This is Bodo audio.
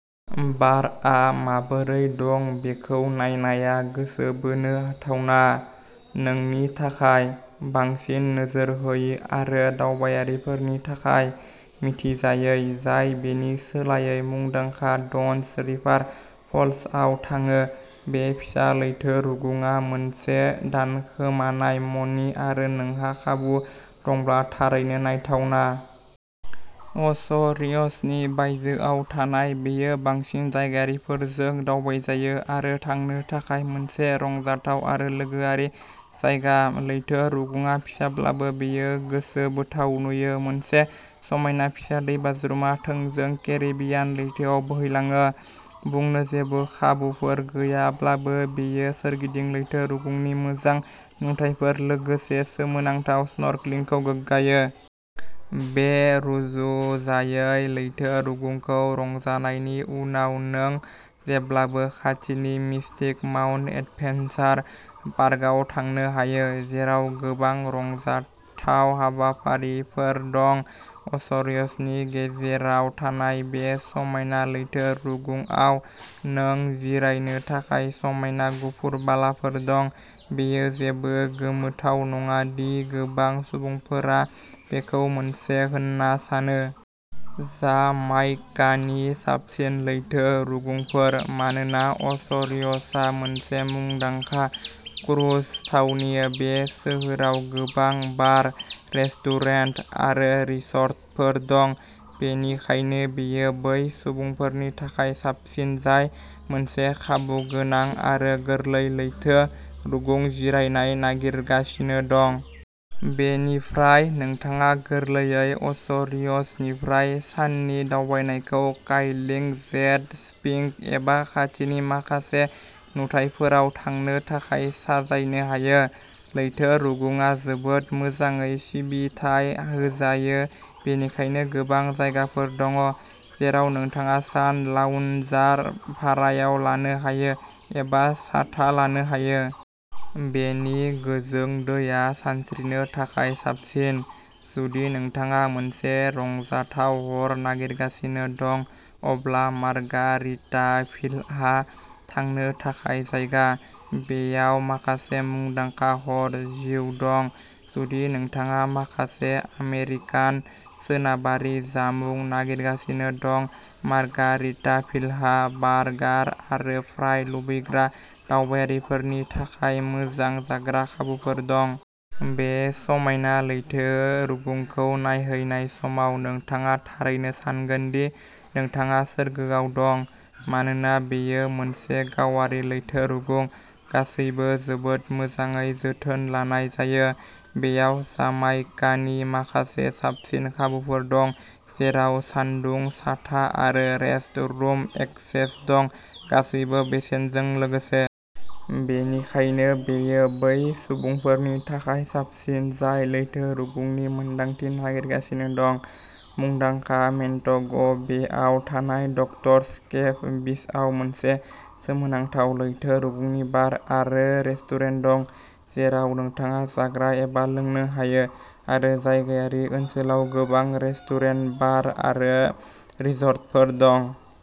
बारआ माबोरै दं बेखौ नायनाया गोसो बोनो हाथावना। नोंनि थाखाय! बांसिन नोजोर होयि आरो दावबायारिफोरनि थाखाय मिथिजायै, जाय बेनि सोलायै मुंदांखा डन्स रिभार फल्सआव थाङो, बे फिसा लैथो रुगुंआ मोनसे दोनखोमानाय मणि आरो नोंहा खाबु दंब्ला थारैनो नायथावना। अ'च'रिय'सनि बायजोआव थानाय, बेयो बांसिनै जायगायारिफोरजों दावबायजायो आरो थांनो थाखाय मोनसे रंजाथाव आरो लोगोआरि जायगा। लैथो रुगुंआ फिसाब्लाबो, बेयो गोसोबोथाव नुयो; मोनसे समायना फिसा दैबाज्रुमआ थोंजों केरिबियान लैथोआव बोहैलाङो। बुंनो जेबो खाबुफोर गैयाब्लाबो, बेयो सोरगिदिं लैथो रुगुंनि मोजां नुथायफोर, लोगोसे सोमोनांथाव स्नर्कलिंखौ गोगगायो। बे रुजुजायै लैथो रुगुंखौ रंजानायनि उनाव, नों जेब्लाबो खाथिनि मिस्टिक माउन्टेन एडभेन्सार पार्कआव थांनो हायो, जेराव गोबां रंजाथाव हाबाफारिफोर दं। अ'च'रिय'सनि गेजेराव थानाय, बे समायना लैथो रुगुंआव नों जिरायनो थाखाय समायना गुफुर बालाफोर दं; बेयो जेबो गोमोथाव नङा दि गोबां सुबुंफोरा बेखौ मोनसे होनना सानो। जामाइकानि साबसिन लैथो रुगुंफोर। मानोना अ'च'रिय'सआ मोनसे मुंदांखा क्रुज थावनि, बे सोहोराव गोबां बार, रेस्टुरेन्ट आरो रिसर्टफोर दं, बेनिखायनो बेयो बै सुबुंफोरनि थाखाय साबसिन जाय मोनसे खाबुगोनां आरो गोरलै लैथो रुगुं जिरायनाय नागिरगासिनो दं। बेनिफ्राय, नोंथाङा गोरलैयै अ'च'रिय'सनिफ्राय साननि दावबायनायखौ काइकिंग, जेट स्कीइंग एबा खाथिनि माखासे नुथायफोराव थांनो थाखाय साजायनो हायो। लैथो रुगुंआ जोबोद मोजाङै सिबिथाय होजायो, बेनिखायनो गोबां जायगाफोर दं जेराव नोंथाङा सान लाउन्जार भारायाव लानो हायो एबा साथा लानो हायो। बेनि गोजों दैया सानस्रिनो थाखाय साबसिन। जुदि नोंथाङा मोनसे रंजाथाव हर नागिरगासिनो दं अब्ला मार्गारिटाभिलआ थांनो थाखाय जायगा; बेयाव माखासे मुंदांखा हर जिउ दं! जुदि नोंथाङा माखासे आमेरिकान/सोनाबारि जामुं नागिरगासिनो दं, मार्गारिटाभिलहा बार्गार आरो फ्राइ लुबैग्रा दावबायारिफोरनि थाखाय मोजां जाग्रा खाबुफोर दं। बे समायना लैथो रुगुंखौ नायहैनाय समाव, नोंथाङा थारैनो सानगोन दि नोंथाङा सोरगोआव दं। मानोना बेयो मोनसे गावारि लैथो रुगुं, गासैबो जोबोद मोजाङै जोथोन लानाय जायो। बेयाव जामाइकानि माखासे साबसिन खाबुफोर दं, जेराव सानदुं, साथा आरो रेस्टरुम एक्सेस दं, गासैबो बेसेनजों लोगोसे। बेनिखायनो, बेयो बै सुबुंफोरनि थाखाय साबसिन जाय लैथो रुगुंनि मोनदांथि नागिरगासिनो दं! मुंदांखा मन्टेग'बेआव थानाय, डक्ट'र्स केभ बीचआव मोनसे सोमोनांथाव लैथो रुगुंनि बार आरो रेस्टुरेन्ट दं जेराव नोंथाङा जाग्रा एबा लोंनो हायो, आरो जायगायारि ओनसोलाव गोबां रेस्टुरेन्ट, बार आरो रिसर्टफोर दं।